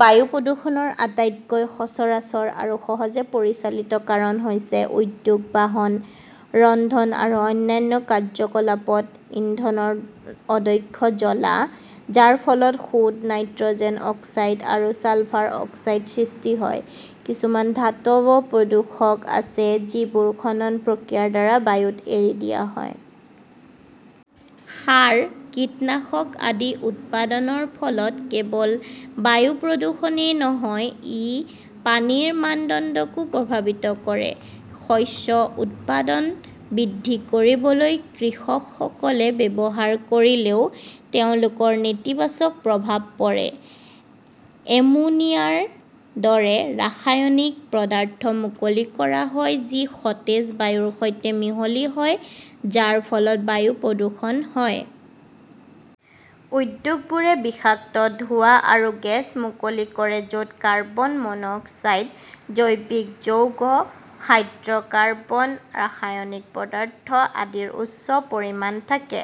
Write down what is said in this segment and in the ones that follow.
বায়ু প্ৰদূষণৰ আটাইতকৈ সচৰাচৰ আৰু সহজে পৰিচালিত কাৰণ হৈছে উদ্যোগ, বাহন, ৰন্ধন, আৰু অন্যান্য কাৰ্যকলাপত ইন্ধনৰ অদক্ষ জ্বলা যাৰ ফলত সূত, নাইট্ৰজেন অক্সাইড আৰু ছালফাৰ অক্সাইড সৃষ্টি হয়। কিছুমান ধাতৱ প্ৰদূষক আছে যিবোৰ খনন প্ৰক্ৰিয়াৰ দ্বাৰা বায়ুত এৰি দিয়া হয়। সাৰ, কীটনাশক আদিউৎপাদনৰ ফলত কেৱল বায়ু প্ৰদূষণেই নহয়, ই পানীৰ মানদণ্ডকো প্ৰভাৱিত কৰে। শস্য উৎপাদন বৃদ্ধিকৰিবলৈ কৃষকসকলে ব্যৱহাৰ কৰিলেও তেওঁলোকৰ নেতিবাচক প্ৰভাৱ পৰে। এমোনিয়াৰ দৰে ৰাসায়নিক পদাৰ্থ মুকলি কৰা হয় যি সতেজ বায়ুৰ সৈতে মিহলি হয় যাৰ ফলত বায়ু প্ৰদূষণ হয়। উদ্যোগবোৰে বিষাক্ত ধোঁৱা আৰু গেছ মুকলি কৰে য'ত কাৰ্বন মনোক্সাইড, জৈৱিক যৌগ, হাইড্ৰ'কাৰ্বন, ৰাসায়নিক পদাৰ্থ আদিৰ উচ্চ পৰিমাণ থাকে।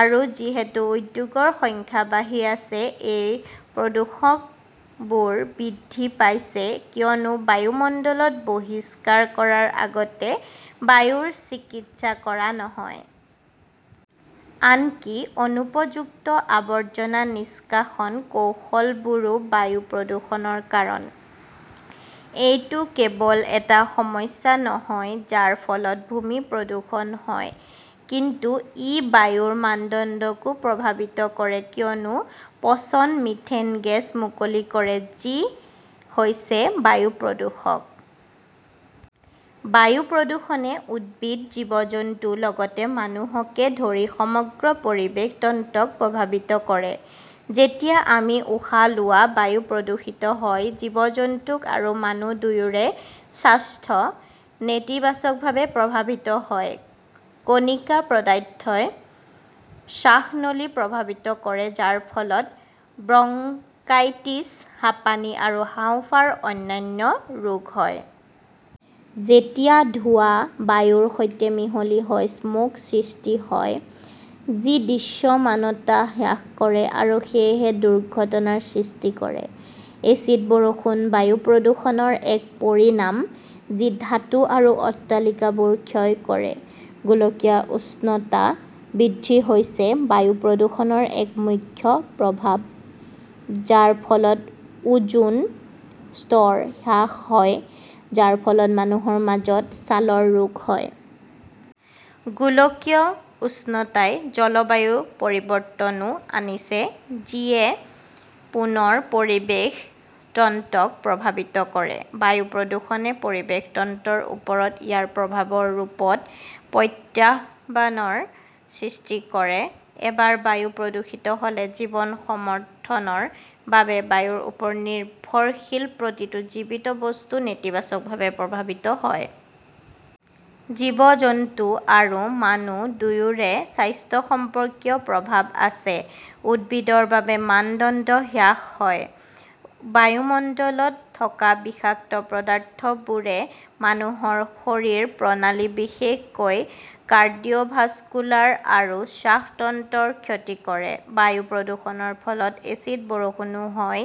আৰু যিহেতু উদ্যোগৰ সংখ্যা বাঢ়ি আছে, এই প্ৰদূষকবোৰ বৃদ্ধি পাইছে কিয়নো বায়ুমণ্ডলত বহিষ্কাৰ কৰাৰ আগতে বায়ুৰ চিকিৎসা কৰা নহয়। আনকি অনুপযুক্ত আৱৰ্জনা নিষ্কাশন কৌশলবোৰো বায়ু প্ৰদূষণৰ কাৰণ। এইটো কেৱল এটা সমস্যা নহয় যাৰ ফলত ভূমি প্ৰদূষণ হয় কিন্তু ই বায়ুৰ মানদণ্ডকো প্ৰভাৱিত কৰে কিয়নো পচন মিথেন গেছ মুকলি কৰে যি হৈছে বায়ু প্ৰদূষক। বায়ু প্ৰদূষণে উদ্ভিদ, জীৱ-জন্তু, লগতে মানুহকে ধৰি সমগ্ৰ পৰিৱেশ তন্ত্ৰক প্ৰভাৱিত কৰে। যেতিয়া আমি উশাহ লোৱা বায়ু প্ৰদূষিত হয়, জীৱ-জন্তু আৰু মানুহ দুয়োৰে স্বাস্থ্য নেতিবাচকভাৱে প্ৰভাৱিত হয়। কণিকা পদাৰ্থই শ্বাসনলীপ্ৰভাৱিত কৰে যাৰ ফলত ব্ৰংকাইটিছ, হাপানি, আৰু হাঁওফাঁওৰ অন্যান্য ৰোগ হয়। যেতিয়া ধোঁৱা বায়ুৰ সৈতে মিহলি হয়, স্মগ সৃষ্টি হয়, যি দৃশ্যমানতা হ্ৰাস কৰে আৰু সেয়েহে দুৰ্ঘটনাৰ সৃষ্টি কৰে। এচিড বৰষুণ বায়ু প্ৰদূষণৰ এক পৰিণাম যি ধাতু আৰু অট্টালিকাবোৰ ক্ষয় কৰে। গোলকীয় উষ্ণতা বৃদ্ধি হৈছে বায়ু প্ৰদূষণৰ এক মুখ্য প্ৰভাৱ, যাৰ ফলত ওজোন স্তৰ হ্ৰাস হয়, যাৰ ফলত মানুহৰ মাজত ছালৰ ৰোগ হয়। গোলকীয় উষ্ণতাই জলবায়ু পৰিৱৰ্তনও আনিছে যি য়ে পুনৰ পৰিৱেশ তন্ত্ৰক প্ৰভাৱিত কৰে। বায়ু প্ৰদূষণে পৰিৱেশ তন্ত্ৰৰ ওপৰত ইয়াৰ প্ৰভাৱৰ ৰূপত প্ৰত্যাহ্বানৰ সৃষ্টি কৰে। এবাৰ বায়ু প্ৰদূষিত হ'লে, জীৱন সমৰ্থনৰ বাবে বায়ুৰ ওপৰত নিৰ্ভৰশীল প্ৰতিটো জীৱিত বস্তু নেতিবাচকভাৱে প্ৰভাৱিত হয়। জীৱ-জন্তু আৰু মানুহ দুয়োৰে স্বাস্থ্যসম্পৰ্কীয় প্ৰভাৱ আছে, উদ্ভিদৰ বাবে, মানদণ্ড হ্ৰাস হয়। বায়ুমণ্ডলত থকা বিষাক্ত পদাৰ্থবোৰে মানুহৰ শৰীৰ প্ৰণালীবিশেষকৈ কাৰ্ডিওভাস্কুলাৰ আৰু শ্বাসতন্ত্ৰৰ ক্ষতি কৰে। বায়ু প্ৰদূষণৰ ফলত এচিড বৰষুণো হয়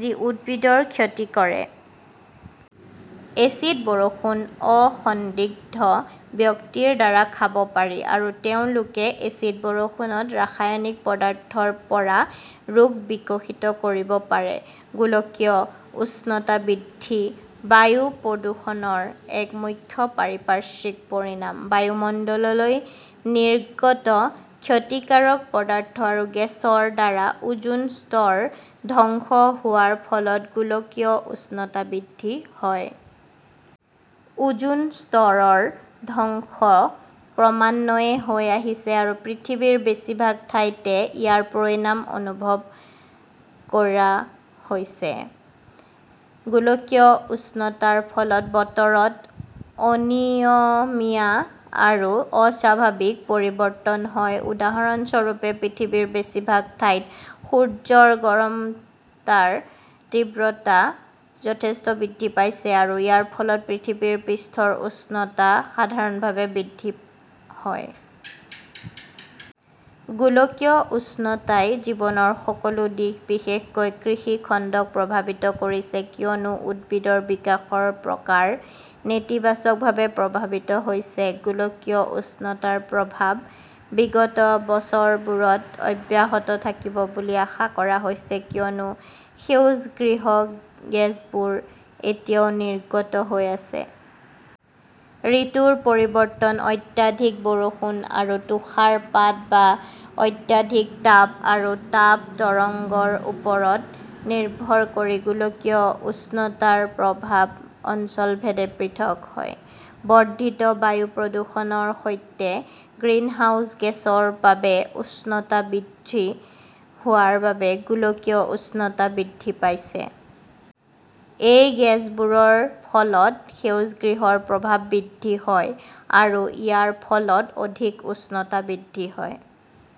যি উদ্ভিদৰ ক্ষতি কৰে। এচিড বৰষুণ অসন্দিগ্ধ ব্যক্তিৰ দ্বাৰা খাব পাৰি আৰু তেওঁলোকে এচিড বৰষুণত ৰাসায়নিক পদাৰ্থৰ পৰা ৰোগ বিকশিত কৰিব পাৰে। গোলকীয় উষ্ণতা বৃদ্ধি বায়ু প্ৰদূষণৰ এক মুখ্য পাৰিপাৰ্শ্বিক পৰিণাম। বায়ুমণ্ডললৈ নিৰ্গত ক্ষতিকাৰক পদাৰ্থ আৰু গেছৰ দ্বাৰা ওজোন স্তৰ ধ্বংস হোৱাৰ ফলত গোলকীয় উষ্ণতা বৃদ্ধি হয়। ওজোন স্তৰৰ ধ্বংস ক্ৰমান্বয়ে হৈ আহিছে আৰু পৃথিৱীৰ বেছিভাগ ঠাইতে ইয়াৰ পৰিণাম অনুভৱ কৰা হৈছে। গোলকীয় উষ্ণতাৰ ফলত বতৰত অনিয়মীয়া আৰু অস্বাভাৱিক পৰিৱৰ্তন হয় উদাহৰণ স্বৰূপে পৃথিৱীৰ বেছিভাগ ঠাইত সূৰ্যৰ গৰমতাৰ তীব্ৰতা যথেষ্ট বৃদ্ধি পাইছে আৰু ইয়াৰ ফলত পৃথিৱীৰ পৃষ্ঠৰ উষ্ণতা সাধাৰণভাৱে বৃদ্ধি হয়। গোলকীয় উষ্ণতাই জীৱনৰ সকলো দিশ, বিশেষকৈ কৃষি খণ্ডক প্ৰভাৱিত কৰিছে কিয়নো উদ্ভিদৰ বিকাশৰ প্ৰকাৰ নেতিবাচকভাৱে প্ৰভাৱিত হৈছে। গোলকীয় উষ্ণতাৰ প্ৰভাৱ বিগত বছৰবোৰত অব্যাহত থাকিব বুলি আশা কৰা হৈছে কিয়নো সেউজগৃহ গেছবোৰ এতিয়াও নিৰ্গত হৈ আছে। ঋতুৰ পৰিৱৰ্তন, অত্যাধিক বৰষুণ আৰু তুষাৰপাত বা অত্যাধিক তাপ আৰু তাপ তৰংগৰ ওপৰত নিৰ্ভৰ কৰি গোলকীয় উষ্ণতাৰ প্ৰভাৱ অঞ্চল ভেদে পৃথক হয়। বৰ্ধিত বায়ু প্ৰদূষণৰ সৈতে, গ্ৰীণহাউচ গেছৰ বাবে উষ্ণতা বৃদ্ধি হোৱাৰ বাবে গোলকীয় উষ্ণতা বৃদ্ধি পাইছে। এই গেছবোৰৰ ফলত সেউজগৃহৰ প্ৰভাৱ বৃদ্ধি হয় আৰু ইয়াৰ ফলত অধিক উষ্ণতা বৃদ্ধি হয়।